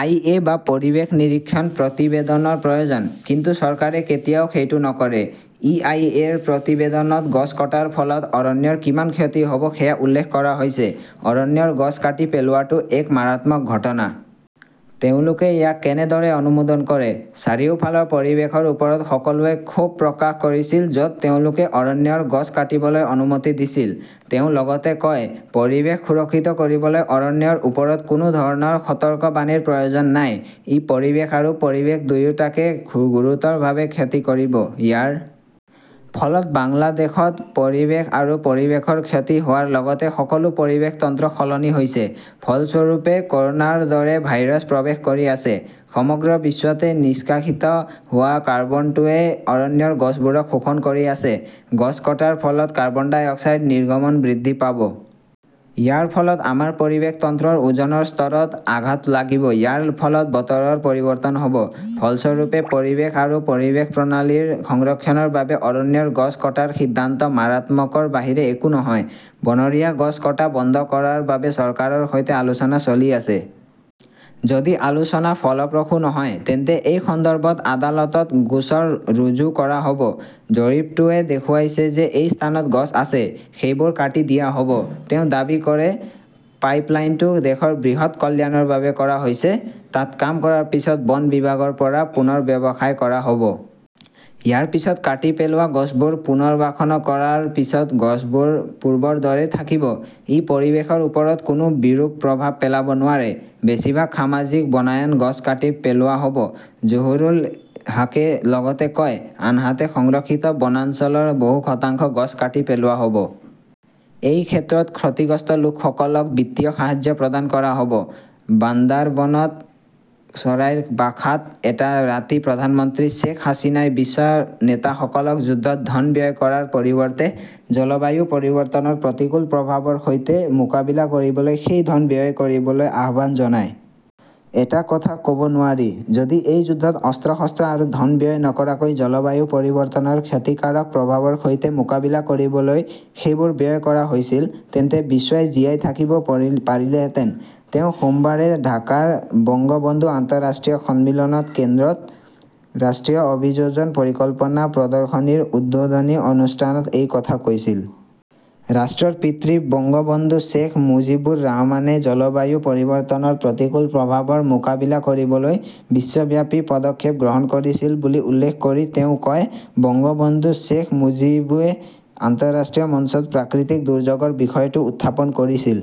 আই. A. বা পৰিৱেশ নিৰীক্ষণ প্ৰতিবেদনৰ প্ৰয়োজন। কিন্তু চৰকাৰে কেতিয়াও সেইটো নকৰে। ই. আই. এ. -ৰ প্ৰতিবেদনত গছ কটাৰ ফলত অৰণ্যৰ কিমান ক্ষতি হ'ব সেয়া উল্লেখ কৰা হৈছে। অৰণ্যৰ গছ কাটি পেলোৱাটো এক মাৰাত্মক ঘটনা। তেওঁলোকে ইয়াক কেনেদৰে অনুমোদন কৰে? চাৰিওফালৰ পৰিৱেশৰ ওপৰত সকলোৱে ক্ষোভ প্ৰকাশ কৰিছিল য'ত তেওঁলোকে অৰণ্যৰ গছ কাটিবলৈ অনুমতি দিছিল। "তেওঁ লগতে কয়", পৰিৱেশ সুৰক্ষিত কৰিবলৈ অৰণ্যৰ ওপৰত কোনো ধৰণৰ সতৰ্কবাণীৰ প্ৰয়োজন নাই। ই পৰিৱেশ আৰু পৰিৱেশ দুয়োটাকে গুৰুতৰভাৱে ক্ষতি কৰিব। ইয়াৰ ফলত বাংলাদেশত পৰিৱেশ আৰু পৰিৱেশৰ ক্ষতি হোৱাৰ লগতে সকলো পৰিৱেশ তন্ত্ৰ সলনি হৈছে। ফলস্বৰূপে, ক'ৰোনাৰ দৰে ভাইৰাছ প্ৰৱেশ কৰি আছে। সমগ্ৰ বিশ্বতে নিষ্কাশিত হোৱা কাৰ্বনটোৱে অৰণ্যৰ গছবোৰক শোষণ কৰি আছে। গছ কটাৰ ফলত কাৰ্বন-ডাই অক্সাইড নিৰ্গমন বৃদ্ধি পাব। ইয়াৰ ফলত আমাৰ পৰিৱেশ তন্ত্ৰৰ ওজনৰ স্তৰত আঘাত লাগিব। ইয়াৰ ফলত বতৰৰ পৰিৱৰ্তন হ'ব। ফলস্বৰূপে, পৰিৱেশ আৰু পৰিৱেশ প্ৰণালী সংৰক্ষণৰ বাবে অৰণ্যৰ গছ কটাৰ সিদ্ধান্ত মাৰাত্মকৰ বাহিৰে একো নহয়। বনৰীয়া গছ কটা বন্ধ কৰাৰ বাবে চৰকাৰৰ সৈতে আলোচনা চলি আছে। যদি আলোচনা ফলপ্ৰসূ নহয়, তেন্তে এই সন্দৰ্ভত আদালতত গোচৰ ৰুজু কৰা হ'ব। জৰীপটোৱে দেখুৱাইছে যে এই স্থানত গছ আছে। সেইবোৰ কাটি দিয়া হ'ব। তেওঁ দাবী কৰে, "পাইপলাইনটো দেশৰ বৃহৎ কল্যাণৰ বাবে কৰা হৈছে, তাত কাম কৰাৰ পিছত বন বিভাগৰ পৰা পুনৰ্ব্যৱসায় কৰা হ'ব।" ইয়াৰ পৰা কাটি পেলোৱা গছবোৰ পুনৰ্বাসন কৰাৰ পিছত গছবোৰ পূৰ্বৰ দৰেই থাকিব। ই পৰিৱেশৰ ওপৰত কোনো বিৰূপ প্ৰভাৱ পেলাব নোৱাৰে। "বেছিভাগ সামাজিক বনায়ন গছ কাটি পেলোৱা হ'ব ", জহুৰুল হাকে লগতে কয়। আনহাতে, সংৰক্ষিত বনাঞ্চলৰ বহু শতাংশ গছ কাটি পেলোৱা হ'ব। এই ক্ষেত্ৰত ক্ষতিগ্ৰস্ত লোকসকলক বিত্তীয় সাহায্য প্ৰদান কৰা হ'ব। " বান্দাৰবানত 'চৰাইৰ বাসা' ত এটা ৰাতি প্ৰধানমন্ত্ৰী শ্বেইখ হাছিনাই বিশ্ব নেতাসকলক যুদ্ধত ধন ব্যয় কৰাৰ পৰিৱৰ্তে জলবায়ু পৰিৱৰ্তনৰ প্ৰতিকূল প্ৰভাৱৰ সৈতে মোকাবিলা কৰিবলৈ সেই ধন ব্যয় কৰিবলৈ আহ্বান জনায়। "এটা কথা ক'ব নোৱাৰি, যদি এই যুদ্ধত অস্ত্ৰ-শস্ত্ৰ আৰু ধন ব্যয় নকৰাকৈ জলবায়ু পৰিৱৰ্তনৰ ক্ষতিকাৰক প্ৰভাৱৰ সৈতে মোকাবিলা কৰিবলৈ সেইবোৰ ব্যয় কৰা হৈছিল, তেন্তে বিশ্বই জীয়াই থাকিব পাৰিলেহেঁতেন। "তেওঁ সোমবাৰে ঢাকাৰ বঙ্গবন্ধু আন্তঃৰাষ্ট্ৰীয় সন্মিলন কেন্দ্ৰত" ৰাষ্ট্ৰীয় অভিযোজন পৰিকল্পনা প্ৰদৰ্শনীৰ উদ্বোধনী অনুষ্ঠানত এই কথা কৈছিল। ৰাষ্ট্ৰৰ পিতৃ বঙ্গবন্ধু শ্বেইখ মুজীবুৰ ৰহমানে জলবায়ু পৰিৱৰ্তনৰ প্ৰতিকূল প্ৰভাৱৰ মোকাবিলা কৰিবলৈ বিশ্বব্যাপী পদক্ষেপ গ্ৰহণ কৰিছিল বুলি উল্লেখ কৰি তেওঁ কয়,"বঙ্গবন্ধু শ্বেইখ মুজীবে আন্তঃৰাষ্ট্ৰীয় মঞ্চত প্ৰাকৃতিক দুৰ্যোগৰ বিষয়টো উত্থাপন কৰিছিল।"